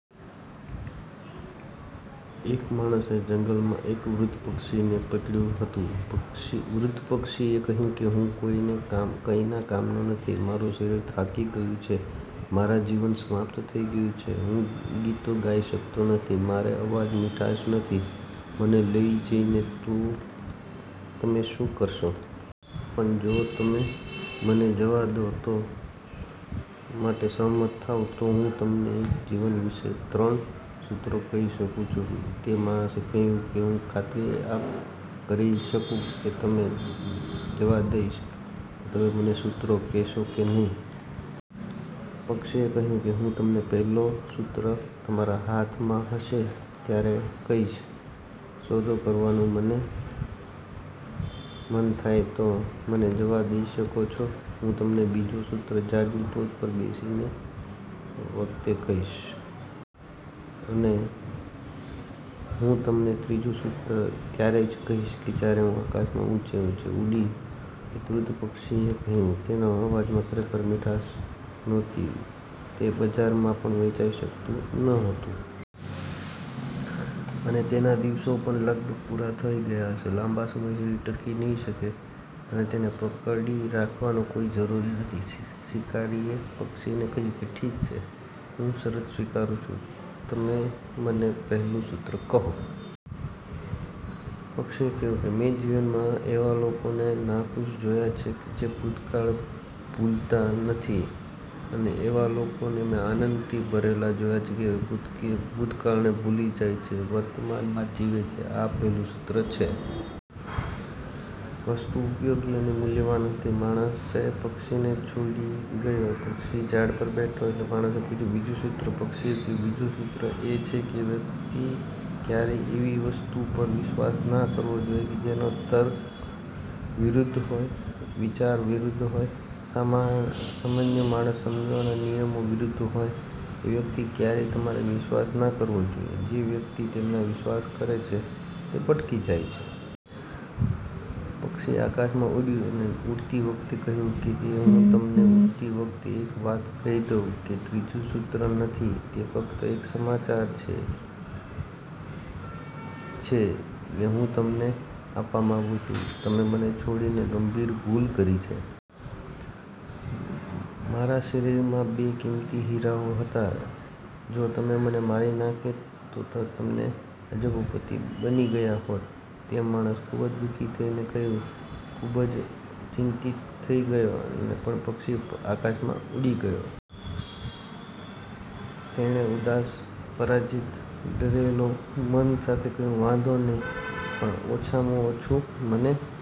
એક માણસે જંગલમાં એક વૃદ્ધ પક્ષીને પકડ્યું હતું. વૃદ્ધ પક્ષીએ કહ્યું: હું કોઈના કામનો નથી, મારું શરીર થાકી ગયું છે, મારું જીવન સમાપ્ત થવાનું છે, હું ગીતો ગાઈ શકતો નથી, અને મારા અવાજમાં મીઠાશ નથી, મને લઈ જઈને તમે શું કરશો? પણ જો તમે મને જવા દેવા માટે સંમત થાઓ છો, તો હું તમને જીવન વિશે ત્રણ સૂત્રો કહી શકું છું. તે માણસે કહ્યું: હું કેવી રીતે ખાતરી કરી શકું કે હું તમને જવા દઈશ અને તમે મને સૂત્રો કહેશો કે નહીં? પક્ષીએ કહ્યું: હું તમને પહેલું સૂત્ર તમારા હાથમાં હશે ત્યારે કહીશ. અને જો તમને સોદો કરવાનું મન થાય, તો તમે મને જવા દઈ શકો છો. હું તમને બીજું સૂત્ર ઝાડની ટોચ પર બેસતી વખતે કહીશ. અને હું તમને ત્રીજું સૂત્ર ત્યારે જ કહી શકું છું જ્યારે હું આકાશમાં ઊંચે ઉડીશ. તે એક વૃદ્ધ પક્ષી હતું, તેના અવાજમાં ખરેખર કોઈ મીઠાશ નહોતી, તે બજારમાં પણ વેચાઈ શકતું ન હતું. અને તેના દિવસો પણ લગભગ પૂરા થઈ ગયા હતા, તે લાંબા સમય સુધી ટકી શકશે નહીં. તેને પકડી રાખવાની કોઈ જરૂર નહોતી. શિકારીએ પક્ષીને કહ્યું: ઠીક છે, હું શરત સ્વીકારું છું. તમે મને પહેલું સૂત્ર કહો. પક્ષીએ કહ્યું: મેં જીવનમાં એવા લોકોને નાખુશ જોયા છે જે ભૂતકાળને ભૂલતા નથી. અને મેં એવા લોકોને આનંદથી ભરેલા જોયા છે જે ભૂતકાળને ભૂલી જાય છે અને વર્તમાનમાં જીવે છે, આ પહેલું સૂત્ર છે. વસ્તુ ઉપયોગી અને મૂલ્યવાન હતી. માણસ પક્ષીને છોડી ગયો. પક્ષી ઝાડ પર બેઠો અને માણસે પૂછ્યું, બીજું સૂત્ર? પક્ષીએ કહ્યું: બીજું સૂત્ર એ છે કે વ્યક્તિએ ક્યારેય એવી કોઈ વસ્તુ પર વિશ્વાસ ન કરવો જોઈએ જે તર્કની વિરુદ્ધ હોય, જે વિચારની વિરુદ્ધ હોય, જે સામાન્ય સમજના નિયમોની વિરુદ્ધ હોય, વ્યક્તિએ ક્યારેય તેમાં વિશ્વાસ ન કરવો જોઈએ, જે વ્યક્તિ તેમાં વિશ્વાસ કરે છે તે ભટકી જાય છે. પક્ષી આકાશમાં ઉડ્યું. ઉડતી વખતે તેણે કહ્યું: હું તમને ઉડતી વખતે એક વાત કહી દઉં, આ ત્રીજું સૂત્ર નથી, તે ફક્ત એક સમાચાર છે જે હું તમને આપવા માંગુ છું. તમે મને છોડીને ગંભીર ભૂલ કરી છે. મારા શરીરમાં બે કિંમતી હીરા હતા. જો તમે મને મારી નાખ્યો હોત, તો તમે આજે અબજોપતિ બની ગયા હોત. તે માણસ ખૂબ જ દુઃખી થઈ ગયો. તે ખૂબ જ ચિંતિત થઈ ગયો. પણ પક્ષી આકાશમાં ઉડી ગયું હતું. તેણે ઉદાસ, પરાજિત અને ડરેલા મન સાથે કહ્યું: વાંધો નહીં, પણ ઓછામાં ઓછું મને